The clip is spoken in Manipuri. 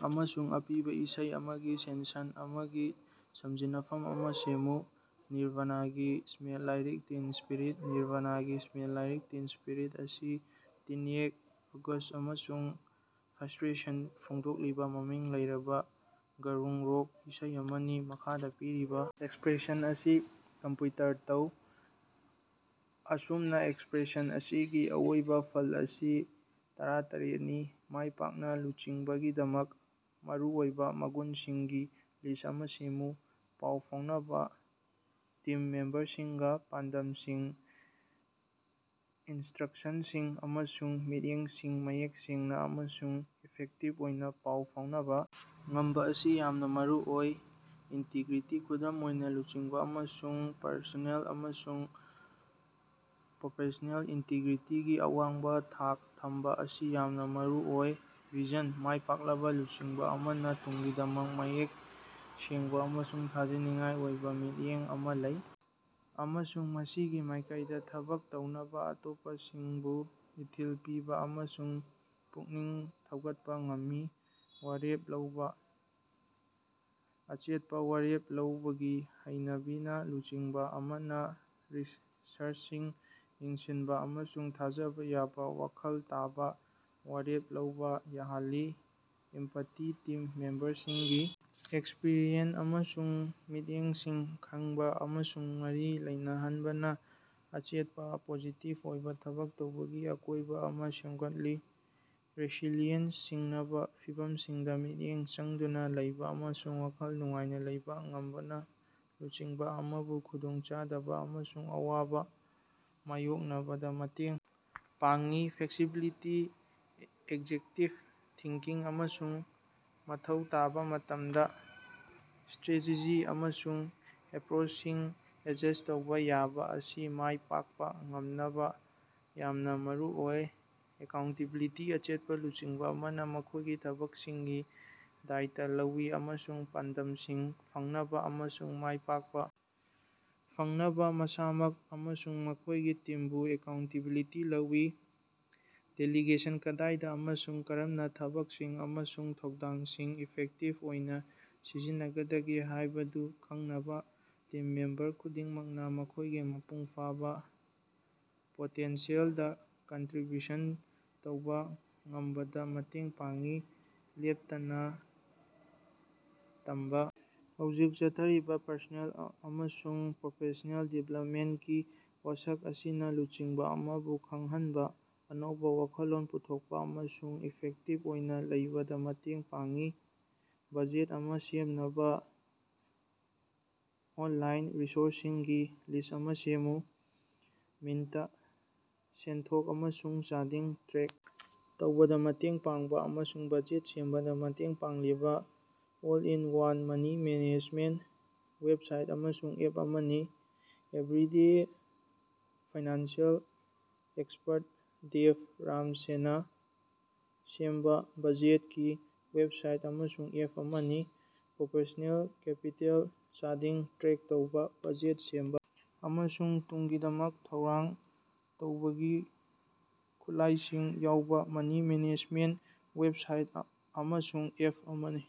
ꯑꯃꯁꯨꯡ ꯑꯄꯤꯕꯥ ꯏꯁꯩ ꯑꯃꯒꯤ ꯁꯦꯟꯁꯟ ꯑꯃꯒꯤ ꯁꯝꯖꯤꯟꯅꯐꯝ ꯑꯃꯥ ꯁꯦꯝꯃꯨ꯫ ꯅꯤꯔꯕꯥꯅꯥꯒꯤ ꯁ꯭ꯃꯦꯜꯁ ꯂꯥꯏꯛ ꯇꯤꯟ ꯁ꯭ꯄꯤꯔꯤꯠ꯫ ꯅꯤꯔꯕꯥꯅꯥꯒꯤ ꯁ꯭ꯃꯦꯜꯁ ꯂꯥꯏꯛ ꯇꯤꯟ ꯁ꯭ꯄꯤꯔꯤꯠ ꯑꯁꯤ ꯇꯤꯟꯑꯦꯖ ꯑꯦꯡꯒꯁ꯭ꯠ ꯑꯃꯁꯨꯡ ꯐ꯭ꯔꯁ꯭ꯇꯦꯁꯟ ꯐꯣꯡꯗꯣꯛꯂꯤꯕ ꯃꯃꯤꯡ ꯂꯩꯔꯕ ꯒ꯭ꯔꯨꯡ ꯔꯣꯛ ꯏꯁꯩ ꯑꯃꯅꯤ꯫ ꯃꯈꯥꯗ ꯄꯤꯔꯤꯕ ꯑꯦꯛꯁꯄꯔꯦꯁꯟ ꯑꯁꯤ ꯀꯝꯄ꯭ꯌꯨꯇꯔ ꯇꯧ꯫ ꯑꯁꯨꯝꯅ, ꯑꯦꯛꯁꯄ꯭ꯔꯦꯁꯟ ꯑꯁꯤꯒꯤ ꯑꯔꯣꯏꯕ ꯐꯜ ꯑꯁꯤ ꯇꯔꯥꯇꯔ‌ꯦꯠꯅꯤ꯫ ꯃꯥꯏꯄꯥꯛꯅ ꯂꯨꯆꯤꯡꯕꯒꯤꯗꯃꯛ ꯃꯔꯨꯑꯣꯏꯕ ꯃꯒꯨꯟꯁꯤꯡꯒꯤ ꯂꯤꯁ꯭ꯠ ꯑꯃꯥ ꯁꯦꯝꯃꯨ꯫ ꯄꯥꯎ ꯐꯥꯎꯅꯕ: ꯇꯤꯝ ꯃꯦꯝꯕꯔꯁꯤꯡꯒꯥ ꯄꯥꯟꯗꯝꯁꯤꯡ, ꯏꯟꯇ꯭ꯔꯛꯁꯟꯁꯤꯡ ꯑꯃꯁꯨꯡ ꯃꯤꯠꯌꯦꯡꯁꯤꯡ ꯃꯌꯦꯛ ꯁꯦꯡꯅ ꯑꯃꯁꯨꯡ ꯏꯐꯦꯛꯇꯤꯕ ꯑꯣꯏꯅ ꯄꯥꯎ ꯐꯥꯎꯅꯕ ꯉꯝꯕ ꯑꯁꯤ ꯌꯥꯝꯅ ꯃꯔꯨꯑꯣꯏ꯫ ꯏꯟꯇꯤꯒ꯭ꯔꯤꯇꯤ: ꯈꯨꯗꯝ ꯑꯣꯏꯅ ꯂꯨꯆꯤꯡꯕ ꯑꯃꯁꯨꯡ ꯄꯔꯁꯣꯅꯦꯜ ꯑꯃꯁꯨꯡ ꯄ꯭ꯔꯣꯐꯦꯁ꯭ꯅꯦꯜ ꯏꯟꯇꯤꯒ꯭ꯔꯤꯇꯤꯒꯤ ꯑꯋꯥꯡꯕ ꯊꯥꯛ ꯊꯝꯕ ꯑꯁꯤ ꯌꯥꯝꯅ ꯃꯔꯨꯑꯣꯏ꯫ ꯚꯤꯖꯟ: ꯃꯥꯏ ꯄꯥꯛꯂꯕ ꯂꯨꯆꯤꯡꯕ ꯑꯃꯅ ꯇꯨꯡꯒꯤꯗꯃꯛ ꯃꯌꯦꯛ ꯁꯦꯡꯕ ꯑꯃꯁꯨꯡ ꯊꯥꯖꯅꯤꯡꯉꯥꯏ ꯑꯣꯏꯕ ꯃꯤꯠꯌꯦꯡ ꯑꯃꯥ ꯂꯩ, ꯑꯃꯁꯨꯡ ꯃꯁꯤꯒꯤ ꯃꯥꯏꯀꯩꯗ ꯊꯕꯛ ꯇꯧꯅꯕ ꯑꯇꯣꯞꯄꯁꯤꯡꯕꯨ ꯏꯊꯤꯜ ꯄꯤꯕ ꯑꯃꯁꯨꯡ ꯄꯨꯛꯅꯤꯡ ꯊꯧꯒꯠꯄ ꯉꯝꯃꯤ꯫ ꯋꯥꯔꯦꯞ ꯂꯧꯕ: ꯑꯆꯦꯠꯄ ꯋꯥꯔꯦꯞ ꯂꯧꯕꯒꯤ ꯍꯩꯅꯕꯤꯅ ꯂꯨꯆꯤꯡꯕ ꯑꯃꯅ ꯔꯤꯁ꯭ꯛꯁꯤꯡ ꯌꯦꯡꯁꯤꯟꯕ ꯑꯃꯁꯨꯡ ꯊꯥꯖꯕ ꯌꯥꯕ, ꯋꯥꯈꯜ ꯇꯥꯕ ꯋꯥꯔꯦꯞ ꯂꯧꯕ ꯌꯥꯍꯜꯂꯤ꯫ ꯏꯝꯄꯥꯇꯤ: ꯇꯤꯝ ꯃꯦꯝꯕꯔꯁꯤꯡꯒꯤ ꯑꯦꯛꯁꯄꯔꯤꯌꯦꯟꯁ ꯑꯃꯁꯨꯡ ꯃꯤꯠꯌꯦꯡꯁꯤꯡ ꯈꯪꯕ ꯑꯃꯁꯨꯡ ꯃꯔꯤ ꯂꯩꯅꯍꯟꯕꯅ ꯑꯆꯦꯠꯄꯥ, ꯄꯣꯖꯤꯇꯤꯕ ꯑꯣꯏꯕ ꯊꯕꯛ ꯇꯧꯕꯒꯤ ꯑꯀꯣꯏꯕ ꯑꯃꯥ ꯁꯦꯝꯒꯠꯂꯤ꯫ ꯔꯦꯁꯤꯂꯤꯌꯦꯟꯁ: ꯁꯤꯡꯅꯕ ꯐꯤꯚꯝꯁꯤꯡꯗ ꯃꯤꯠꯌꯦꯡ ꯆꯪꯗꯨꯅ ꯂꯩꯕ ꯑꯃꯁꯨꯡ ꯋꯥꯈꯜ ꯅꯨꯡꯉꯥꯏꯅ ꯂꯩꯕ ꯉꯝꯕꯅ ꯂꯨꯆꯤꯡꯕ ꯑꯃꯕꯨ ꯈꯨꯗꯣꯡꯆꯥꯗꯕ ꯑꯃꯁꯨꯡ ꯑꯋꯥꯕ ꯃꯥꯌꯣꯛꯅꯕꯗ ꯃꯇꯦꯡ ꯄꯥꯡꯏ꯫ ꯐ꯭ꯂꯦꯛꯁꯤꯕꯤꯂꯤꯇꯤ: ꯑꯦꯗꯖꯛꯇꯤꯕ ꯊꯤꯡꯀꯤꯡ ꯑꯃꯁꯨꯡ ꯃꯊꯧ ꯇꯥꯕ ꯃꯇꯝꯗ ꯁ꯭ꯇꯔꯦꯇꯦꯖꯤ ꯑꯃꯁꯨꯡ ꯑꯦꯄꯔꯣꯆꯁꯤꯡ ꯑꯦꯗꯖꯁ꯭ꯠ ꯇꯧꯕ ꯌꯥꯕ ꯑꯁꯤ ꯃꯥꯏ ꯄꯥꯛꯄ ꯉꯝꯅꯕ ꯌꯥꯝꯅ ꯃꯔꯨꯑꯣꯏ꯫ ꯑꯦꯀꯥꯎꯟꯇꯦꯕꯤꯂꯤꯇꯤ: ꯑꯆꯦꯠꯄ ꯂꯨꯆꯤꯡꯕ ꯑꯃꯅ ꯃꯈꯣꯏꯒꯤ ꯊꯕꯛꯁꯤꯡꯒꯤ ꯗꯥꯏꯠ ꯂꯧꯏ ꯑꯃꯁꯨꯡ ꯄꯥꯟꯗꯝꯁꯤꯡ ꯐꯪꯅꯕ ꯑꯃꯁꯨꯡ ꯃꯥꯏꯄꯥꯛꯄ ꯐꯪꯅꯕ ꯃꯁꯥꯃꯛ ꯑꯃꯁꯨꯡ ꯃꯈꯣꯏꯒꯤ ꯇꯤꯝꯕꯨ ꯑꯦꯀꯥꯎꯟꯇꯦꯕꯤꯂꯤꯇꯤ ꯂꯧꯏ꯫ ꯗꯦꯂꯤꯒꯦꯁꯟ: ꯀꯗꯥꯏꯗ ꯑꯃꯁꯨꯡ ꯀꯔꯝꯅ ꯊꯕꯛꯁꯤꯡ ꯑꯃꯁꯨꯡ ꯊꯧꯗꯥꯡꯁꯤꯡ ꯏꯐꯦꯛꯇꯤꯕ ꯑꯣꯏꯅ ꯁꯤꯟꯅꯒꯗꯒꯦ ꯍꯥꯏꯕꯗꯨ ꯈꯪꯕꯅ ꯇꯤꯝ ꯃꯦꯝꯕꯔ ꯈꯨꯗꯤꯡꯃꯛꯅ ꯃꯈꯣꯏꯒꯤ ꯃꯄꯨꯡ ꯐꯥꯕ ꯄꯣꯇꯦꯟꯁꯤꯌꯦꯜꯗ ꯀꯟꯇꯔꯤꯕ꯭ꯌꯨꯠ ꯇꯧꯕ ꯉꯝꯕꯗ ꯃꯇꯦꯡ ꯄꯥꯡꯏ꯫ ꯂꯦꯞꯇꯅ ꯇꯝꯕꯥ: ꯍꯧꯖꯤꯛ ꯆꯠꯊꯔꯤꯕ ꯄꯔꯁꯣꯅꯦꯜ ꯑꯃꯁꯨꯡ ꯄ꯭ꯔꯣꯐꯦꯁ꯭ꯅꯦꯜ ꯗꯤꯕꯦꯂꯞꯃꯦꯟꯇꯀꯤ ꯋꯥꯁꯛ ꯑꯁꯤꯅ ꯂꯨꯆꯤꯡꯕ ꯑꯃꯕꯨ ꯈꯪꯍꯟꯕ, ꯑꯅꯧꯕ ꯋꯥꯈꯜꯂꯣꯟ ꯄꯨꯊꯣꯛꯄꯥ ꯑꯃꯁꯨꯡ ꯏꯐꯦꯛꯇꯤꯕ ꯑꯣꯏꯅ ꯂꯩꯕꯗ ꯃꯇꯦꯡ ꯄꯥꯡꯏ꯫ ꯕꯖꯦꯠ ꯑꯃ ꯁꯦꯝꯅꯕ ꯑꯣꯟꯂꯥꯏꯟ ꯔꯤꯁꯣꯔꯁꯁꯤꯡꯒꯤ ꯂꯤꯁ꯭ꯠ ꯑꯃ ꯁꯦꯝꯃꯨ꯫ ꯃꯤꯟꯇ: ꯁꯦꯟꯊꯣꯛ ꯑꯃꯁꯨꯡ ꯆꯥꯗꯤꯡ ꯇ꯭ꯔꯦꯛ ꯇꯧꯕꯗ ꯃꯇꯦꯡ ꯄꯥꯡꯕ, ꯑꯃꯁꯨꯡ ꯕꯖꯦꯠ ꯁꯦꯝꯕꯗ ꯃꯇꯦꯡ ꯄꯥꯡꯂꯤꯕꯥ ꯑꯣꯜ-ꯏꯟ-ꯋꯥꯟ ꯃꯅꯤ ꯃꯦꯅꯦꯖꯃꯦꯟꯠ ꯋꯦꯕꯁꯥꯏꯠ ꯑꯃꯁꯨꯡ ꯑꯦꯞ ꯑꯃꯅꯤ꯫ ꯑꯦꯚꯔꯤꯗꯂꯔ: ꯐꯥꯏꯅꯥꯟꯁꯤꯑꯦꯜ ꯑꯦꯛꯁꯄꯔꯠ, ꯗꯦꯕ ꯔꯥꯝꯁꯦꯅ ꯁꯦꯝꯕ ꯕꯖꯦꯠꯀꯤ ꯋꯦꯕꯁꯥꯏꯠ ꯑꯃꯁꯨꯡ ꯑꯦꯞ ꯑꯃꯅꯤ꯫ ꯄꯔꯁꯣꯅꯦꯜ ꯀꯦꯄꯤꯇꯦꯜ: ꯆꯥꯗꯤꯡ ꯇ꯭ꯔꯦꯛ ꯇꯧꯕ, ꯕꯖꯦꯠ ꯁꯦꯝꯕ, ꯑꯃꯁꯨꯡ ꯇꯨꯡꯒꯤꯗꯃꯛ ꯊꯧꯔꯥꯡ ꯇꯧꯕꯒꯤ ꯈꯨꯠꯂꯥꯏꯁꯤꯡ ꯌꯥꯎꯕ ꯃꯅꯤ ꯃꯦꯅꯦꯖꯃꯦꯟꯠ ꯋꯦꯕꯁꯥꯏꯠ ꯑꯃꯁꯨꯡ ꯑꯦꯞ ꯑꯃꯅꯤ꯫